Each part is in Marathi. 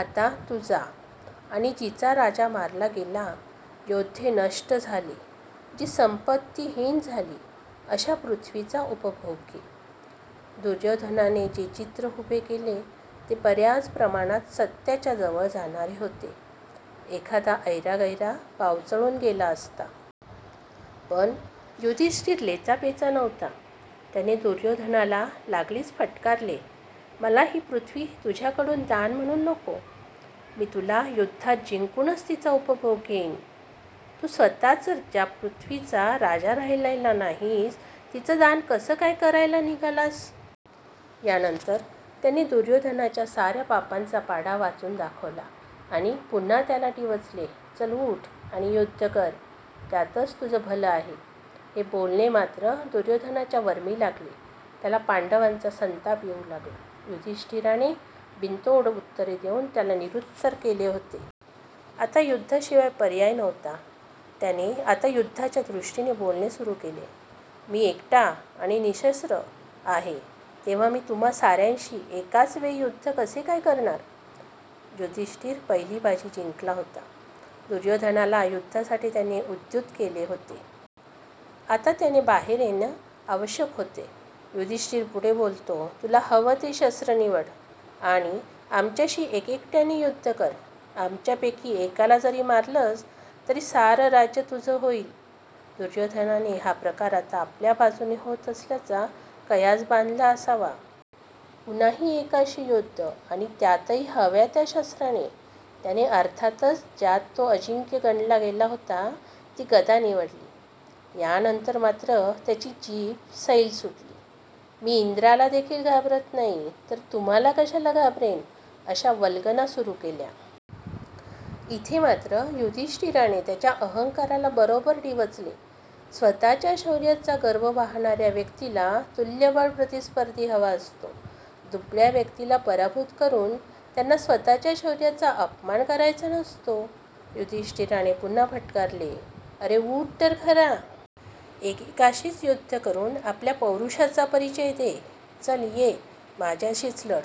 आता तु जा आणि जिचा राजा मारला गेला, योद्धे नष्ट झाले, जी संपत्तीहीन झाली अशा पृथ्वीचा उपभोग घे. दुर्योधनाने जे चित्र उभे केले ते बर्याच प्रमाणात सत्याच्या जवळ जाणारे होते. एखादा ऐरागैरा बावचळुन गेला असता. पण युधिष्ठीर लेचापेचा नव्हता. त्याने दुर्योधनाला लागलीच फटकारले, मला ही पृथ्वी तुझ्याकडुन दान म्हणुन नको. मी तुला युद्धात जिंकुनच तिचा उपभोग घेइन. तु स्वतःच ज्या पृथ्वीचा राजा राहीलेला नाहीस तिचं दान कसं काय करायला निघालास? यानंतर त्याने दुर्योधनाच्या सार्या पापांचा पाढा वाचुन दाखवला आणि पुन्हा त्याला डिवचले. चल उठ आणि युद्ध कर. त्यातच तुझं भलं आहे. हे बोलणे मात्र दुर्योधनाच्या वर्मी लागले. त्याला पांडवांचा संताप येऊ लागला. युधिष्ठीराने बिनतोड उत्तरे देऊन त्याला निरुत्तर केले होते. आता युद्धाशिवाय पर्याय नव्हता. त्याने आता युद्धाच्या दृष्टीने बोलणे सुरु केले, मी एकटा आणि निशस्त्र आहे तेव्हा मी तुम्हा सार्यांशी एकाचवेळी युद्ध असे काय करणार? युधिष्ठीर पहिली बाजी जिंकला होता. दुर्योधनाला युद्धासाठी त्याने उद्युत केले होते. आता त्याने बाहेर येणे आवश्यक होते. युधिष्ठीर पुढे बोलतो, तुला हवं ते शस्त्र निवड आणि आमच्याशी एकेकट्याने युद्ध कर. आमच्यापैकी एकाला जरी मारलंस तरी सारं राज्य तुझं होईल. दुर्योधनाने हा प्रकार आता आपल्या बाजुने होत असल्याचा कयास बांधला असावा. कुणाही एकाशी युद्ध आणि त्यातही हव्या त्या शस्त्राने. त्याने अर्थातच ज्यात तो अजिंक्य गणला गेला होता ती गदा निवडली. यानंतर मात्र त्याची जीभ सैल सुटली. मी इंद्राला देखिल घाबरत नाही तर तुम्हाला कशाला घाबरेन, अशा वल्गना सुरु केल्या. इथे मात्र युधिष्ठीराने त्याच्या अहंकाराला बरोबर डिवचले. स्वतःच्या शौर्याचा गर्व वाहणाऱ्या व्यक्तीला तुल्यबळ प्रतिस्पर्धी हवा असतो. दुबळ्या व्यक्तीला पराभूत करुन त्यांना स्वतःच्या शौर्याचा अपमान करायचा नसतो. युधिष्ठीराने पुन्हा फटकारले, अरे उठ तर खरा. एकेकाशीच युद्ध करुन आपल्या पौरुषाचा परीचय दे. चल ये माझ्याशीच लढ.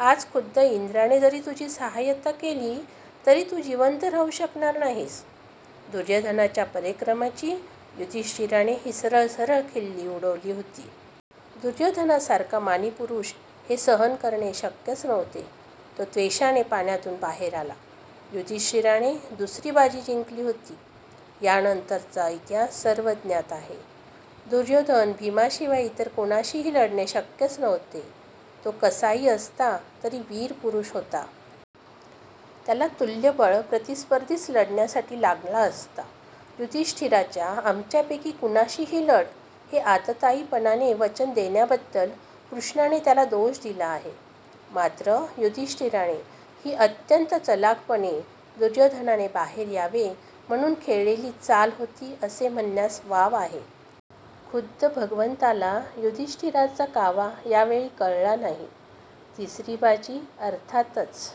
आज खुद्द इन्द्राने जरी तुझी साहाय्यता केली तरी तु जिवंत राहु शकणार नाहीस. दुर्योधनाच्या पराक्रमाची युधिष्ठीराने ही सरळ सरळ खिल्ली उडवली होती. दुर्योधनासारखा मानी पुरुष हे सहन करणे शक्यच नव्हते. तो त्वेषाने पाण्यातुन बाहेर आला. युधिष्ठीराने दुसरी बाजी जिंकली होती. यानंतरचा इतिहास सर्वज्ञात आहे. दुर्योधन भीमाशिवाय इतर कुणाशीही लढणे शक्यच नव्हते. तो कसाही असता तरी वीर पुरुष होता. त्याला तुल्यबळ प्रतिस्पर्धीच लढण्यासाठी लागला असता. युधिष्ठीराच्या आमच्यापैकी कुणाशीही लढ, हे आततायीपणाने वचन देण्याबद्दल कृष्णाने त्याला दोष दिला आहे. मात्र युधिष्ठीराने ही अत्यंत चलाखपणे दुर्योधनाने बाहेर यावे म्हणुन खेळलेली चाल होती, असे म्हणण्यास वाव आहे. खुद्द भगवंताला युधिष्ठीराचा कावा यावेळी कळला नाही. तिसरी बाजी अर्थातच